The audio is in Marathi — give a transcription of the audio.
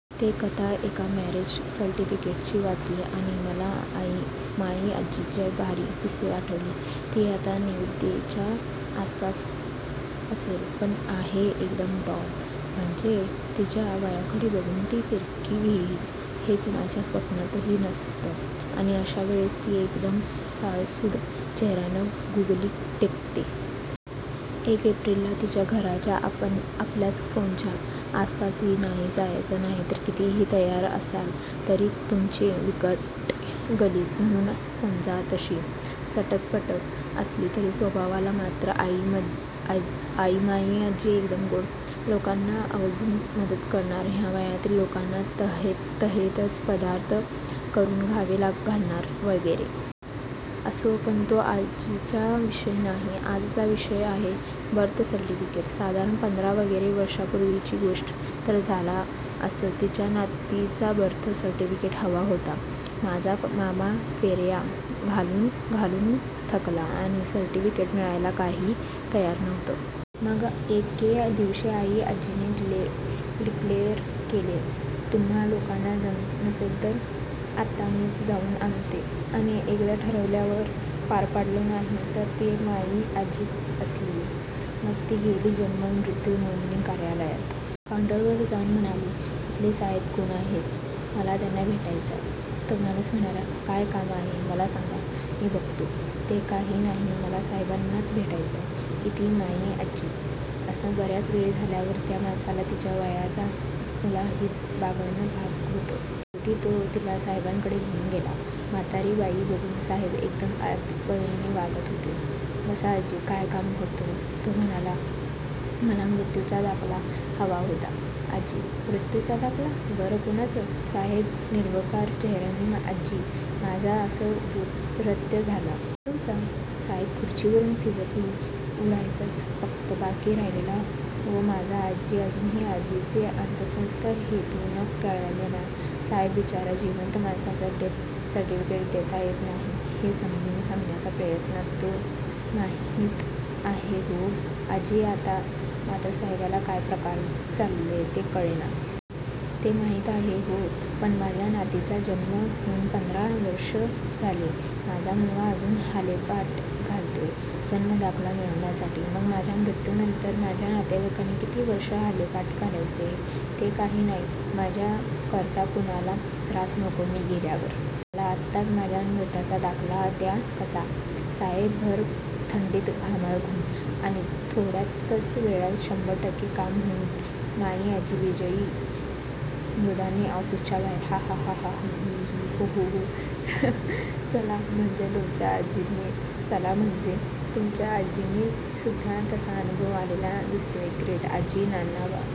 ते 'कथा एका मॅरेज सर्टिफिकेटची' वाचलं आणि मला माई आज्जीचा भारी किस्सा आठवला. ती आता नवद्दीच्या आसपास असेल. पण आहे एकदम डॉन! म्हणजे तिच्या वयाकडे बघून ती फिरकी घेईल, हे कुणाच्या स्वप्नातही नसतं आणि अशा वेळेस ती एकदम साळसूद चेहर्यानं गूगली टाकते. एक एप्रिलला तिच्या घराच्या, आपल्याच फोनच्या आसपासही नाही जायचं नाहीतर कितीही तयार असलात तरी तुमची विकेट गेलीच म्हणून समजा! तशी सटकफटक असली तरी स्वभावाला मात्र माईआज्जी एकदम गोड! लोकांना आवर्जून मदत करणार, ह्या वयातही लोकांना तर्हेतर्हेचे पदार्थ करून खावू घालणार वगैरे. असो, पण तो आजचा विषय नाही! आजचा विषय आहे बर्थ सर्टिफिकेट. साधारण पंधरा वगैरे वर्षापूर्वीची गोष्ट. तर झालं असं तिच्या नातीचं बर्थ सर्टिफिकेट हवं होतं. माझा मामा फेर्या घालून घालून थकला, पण सर्टिफिकेट मिळायला काही तयार नव्हतं. मग एके दिवशी माई आज्जीनं डिक्लेअर केलं 'तुम्हा लोकांना जमत नसेल तर आता मीच जाऊन आणते' आणि एकदा ठरवल्यावर पार पाडलं नाही तर ती माई आज्जी कसली! मग ती गेली 'जन्म मृत्यू नोंदणी' कार्यालयात. एका काऊंटरवर जाऊन म्हणाली 'इथले साहेब कोण आहेत? मला त्यांना भेटायचय. ' तो माणूस म्हणाला, "काय काम आहे मला सांगा. मी बघतो. " "ते काही नाही मला साहेबांनाच भेटायचय" इती माई आज्जी. असं बर्याच वेळ झाल्यावर त्या माणसाला तिच्या वयाचा मुलाहिजा बाळगणं भाग होतं. शेवटी तो तिला साहेबांकडे घेऊन गेला. म्हातारी बाई बघून साहेब एकदम आदबीन वागता झाला. 'बसा आजी. काय काम होतं', तो म्हणाला. 'मला मृत्यूचा दाखला हवा होता': आजी. 'मृत्यूचा दाखला? बरं, कुणाचा": साहेब निर्विकार चेहर्यानं आजी "माझा" असं उद्गारत्या झाल्या. "तुमचा? ": साहेब खूर्चीवरून फिजीकली उडायचाच फक्त बाकी राहिलेला "हो, माझा! " आजी अजूनही आजींचा अंतस्थ हेतू न कळल्यानं साहेब बिचारा 'जिवंत माणसाचं डेथ सर्टिफिकेट देता येत नाही' हे समजावून सांगण्याच्या प्रयत्नात. "ते माहित आहे हो" आजी आता मात्र साहेबाला काय प्रकार चाल्लाय ते कळेना. "ते माहित आहे हो, पण माझ्या नातीचा जन्म होऊन पंधरा वर्ष झाली, माझा मुलगा अजून हेलपाटे घालतोय जन्म दाखला मिळवण्यासाठी. मग माझ्या मृत्यूनंतर माझ्या नातेवाईकांनी किती वर्ष हेलपाटे घालायचे? ते काही नाही. माझ्या करता कुणाला त्रास नको मी गेल्यावर. मला आताच माझ्या मृत्यूचा दाखला द्या कसा! " साहेब भर थंडीत घामाघूम! आणि थोड्याच वेळात शंभर टक्के काम होऊन माईआजी विजयी मुद्रेनं ऑफिसच्या बाहेर! हा हा हा हा हा ही ही ही ही हा हा हा हा हा चला म्हणजे तुमच्या आजींना चला म्हणजे तुमच्या आजींना सुद्धा तसा अनुभव आलेला दिसतोय. ग्रेट आजी, नानबा, किस्सा--